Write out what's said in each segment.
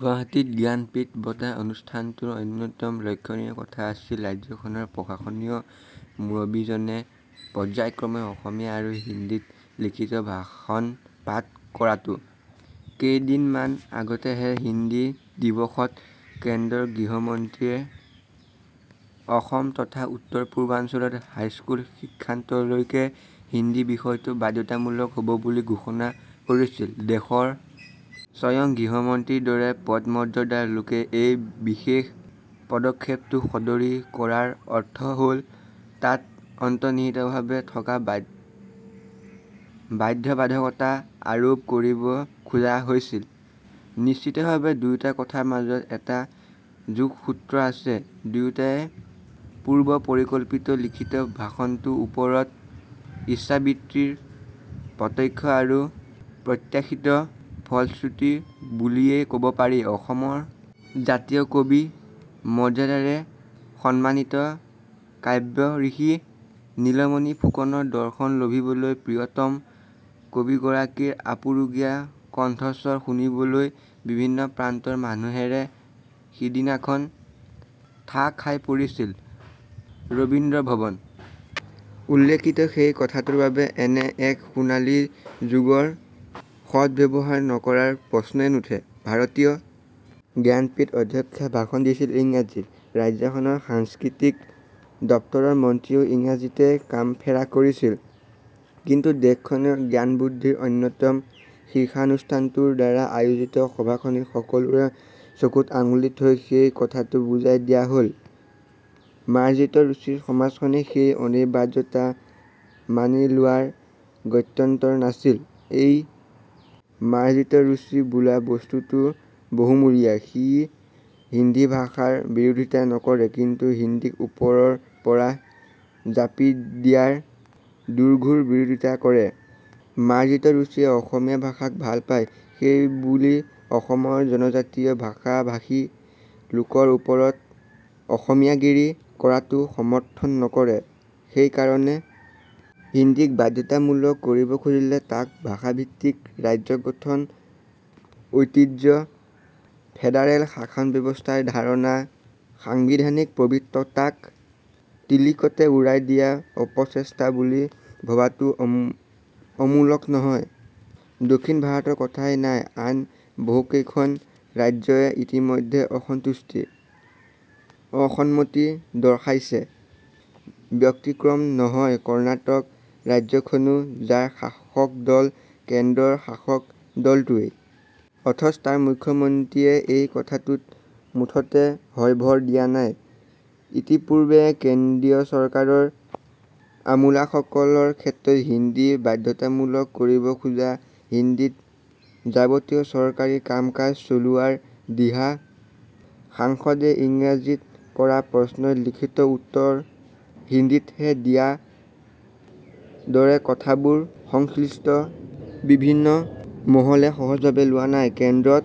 গুৱাহাটীত জ্ঞানপীঠ বঁটাৰ অনুষ্ঠানটোৰ অন্যতম লক্ষ্যণীয় কথা আছিল ৰাজ্যখনৰ প্ৰশাসনীয় মুৰব্বীজনে পৰ্যায়ক্ৰমে অসমীয়া আৰু হিন্দীত লিখিত ভাষণ পাঠ কৰাটো। কেইদিনমান আগতেহে হিন্দী দিৱসত কেন্দ্ৰৰ গৃহমন্ত্ৰীয়ে অসম তথা উত্তৰপূৰ্বাঞ্চলত হাইস্কুল শিক্ষান্তলৈকে হিন্দী বিষয়টো বাধ্যতামূলক হ'ব বুলি ঘোষণা কৰিছিল। দেশৰ স্বয়ং গৃহমন্ত্ৰীৰ দৰে পদমৰ্যাদাৰ লোকে এই বিশেষ পদক্ষেপটো সদৰী কৰাৰ অৰ্থ হ'ল তাত অন্তৰ্নিহিতভাৱে এটা বাধ্যবাধকতা আৰোপ কৰিব খোজা হৈছে। নিশ্চিতভাৱে দুয়োটা কথাৰ মাজত এটা যোগসূত্ৰ আছে। দুয়োটাই পূৰ্বপৰিকল্পিত লিখিত ভাষণটো ওপৰৰ ইচ্ছাবৃত্তিৰ প্ৰত্যক্ষ আৰু প্ৰত্যাশিত ফলশ্ৰুতি বুলিয়ে কব পাৰি। অসমৰ জাতীয় কবি মৰ্যাদাৰে সন্মানিত কাব্যঋষি নীলমণি ফুকনৰ দৰ্শন লভিবলৈ প্ৰিয়তম কবিগৰাকীৰ আপুৰুগীয়া কণ্ঠস্বৰ শুনিবলৈ বিভিন্ন প্ৰান্তৰ মানুহেৰে সিদিনাখন ঠাহ খাই পৰিছিল ৰবীন্দ্ৰ ভৱন। উল্লিখিত সেই কথাটোৰ বাবে এনে এক সোণালী সুযোগৰ সদ্ব্যৱহাৰ নকৰাৰ প্ৰশ্নই নুঠে। ভাৰতীয় জ্ঞানপীঠ অধ্যক্ষাই ভাষণ দিছিল ইংৰাজীত। ৰাজ্যখনৰ সাংস্কৃতিক দপ্তৰৰ মন্ত্ৰীজনেও ইংৰাজীতে কামফেৰা কৰিছিল। কিন্তু দেশখনৰ জ্ঞানবুদ্ধিৰ অন্যতম শীৰ্ষানুষ্ঠানটোৰ দ্বাৰা আয়োজিত সভাখনিত সকলোৰে চকুত আঙুলি থৈ সেই কথাটো বুজাই দিয়া হ'ল। মাৰ্জিত ৰুচিৰ সমাজখনে সেই অনিবাৰ্যতা মানি লোৱাৰ গত্যন্তৰ নাছিল। এই মাৰ্জিত ৰুচি বোলা বস্তুটো বহুমূলীয়া। সি হিন্দী ভাষাৰ বিৰোধিতা নকৰে, কিন্তু হিন্দীক ওপৰৰ পৰা জাপি দিয়াৰ দুৰ্ঘোৰ বিৰোধিতা কৰে। মাৰ্জিত ৰুচিয়ে অসমীয়া ভাষাক ভাল পায়, সেইবুলি অসমৰ জনজাতীয় ভাষা-ভাষী লোকৰ ওপৰত অসমীয়াগিৰি কৰাটো সমৰ্থন নকৰে। সেইকাৰণে হিন্দীক বাধ্যতামূলক কৰিব খুজিলে তাক ভাষাভিত্তিক ৰাজ্য গঠনৰ ঐতিহ্য, ফেডাৰেল শাসনব্যৱস্থাৰ ধাৰণা, সাংবিধানিক পবিত্ৰতাক টিলিকতে উৰাই দিয়াৰ অপচেষ্টা বুলি ভবাটো অমূলক নহয়। দক্ষিণ ভাৰতৰ কথাই নাই, আন বহুকেইখন ৰাজ্যই ইতিমধ্যে অসন্তুষ্টি, অসন্মতি দৰ্শাইছে। ব্যতিক্ৰম নহয় কৰ্ণাটক ৰাজ্যখনো, যাৰ শাসক দল কেন্দ্ৰৰ শাসক দলটোৱেই। অথচ তাৰ মুখ্যমন্ত্ৰীয়ে এই কথাটোত মুঠেও হয়ভৰ দিয়া নাই। ইতিপূৰ্বে কেন্দ্ৰীয় চৰকাৰৰ আমোলাসকলৰ ক্ষেত্ৰত হিন্দী বাধ্যতামূলক কৰিব খোজা, হিন্দীত যাৱতীয় চৰকাৰী কামকাজ চলোৱাৰ দিহা, সাংসদে ইংৰাজীত কৰা প্ৰশ্নৰ লিখিত উত্তৰ হিন্দীতহে দিয়াৰ দৰে কথাবোৰ সংশ্লিষ্ট বিভিন্ন মহলে সহজভাৱে লোৱা নাই। কেন্দ্ৰত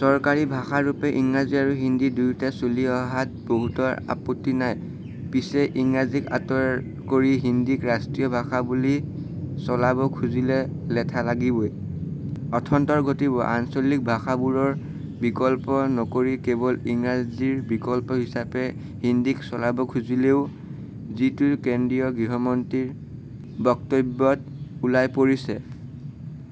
চৰকাৰী ভাষাৰূপে ইংৰাজী আৰু হিন্দী দুয়োটা চলি অহাত বহুতৰ আপত্তি নাই। পিছে ইংৰাজীক আঁতৰ কৰি হিন্দীক ৰাষ্ট্ৰীয় ভাষা বুলি চলাব খুজিলে লেঠা লাগিবই। অথন্তৰ ঘটিব আঞ্চলিক ভাষাবোৰৰ বিকল্প নকৰি কেৱল ইংৰাজীৰ বিকল্প হিচাপে হিন্দীক চলাব খুজিলেও, যিটো কেন্দ্ৰীয় গৃহমন্ত্ৰীৰ বক্তব্যত ওলাই পৰিছে।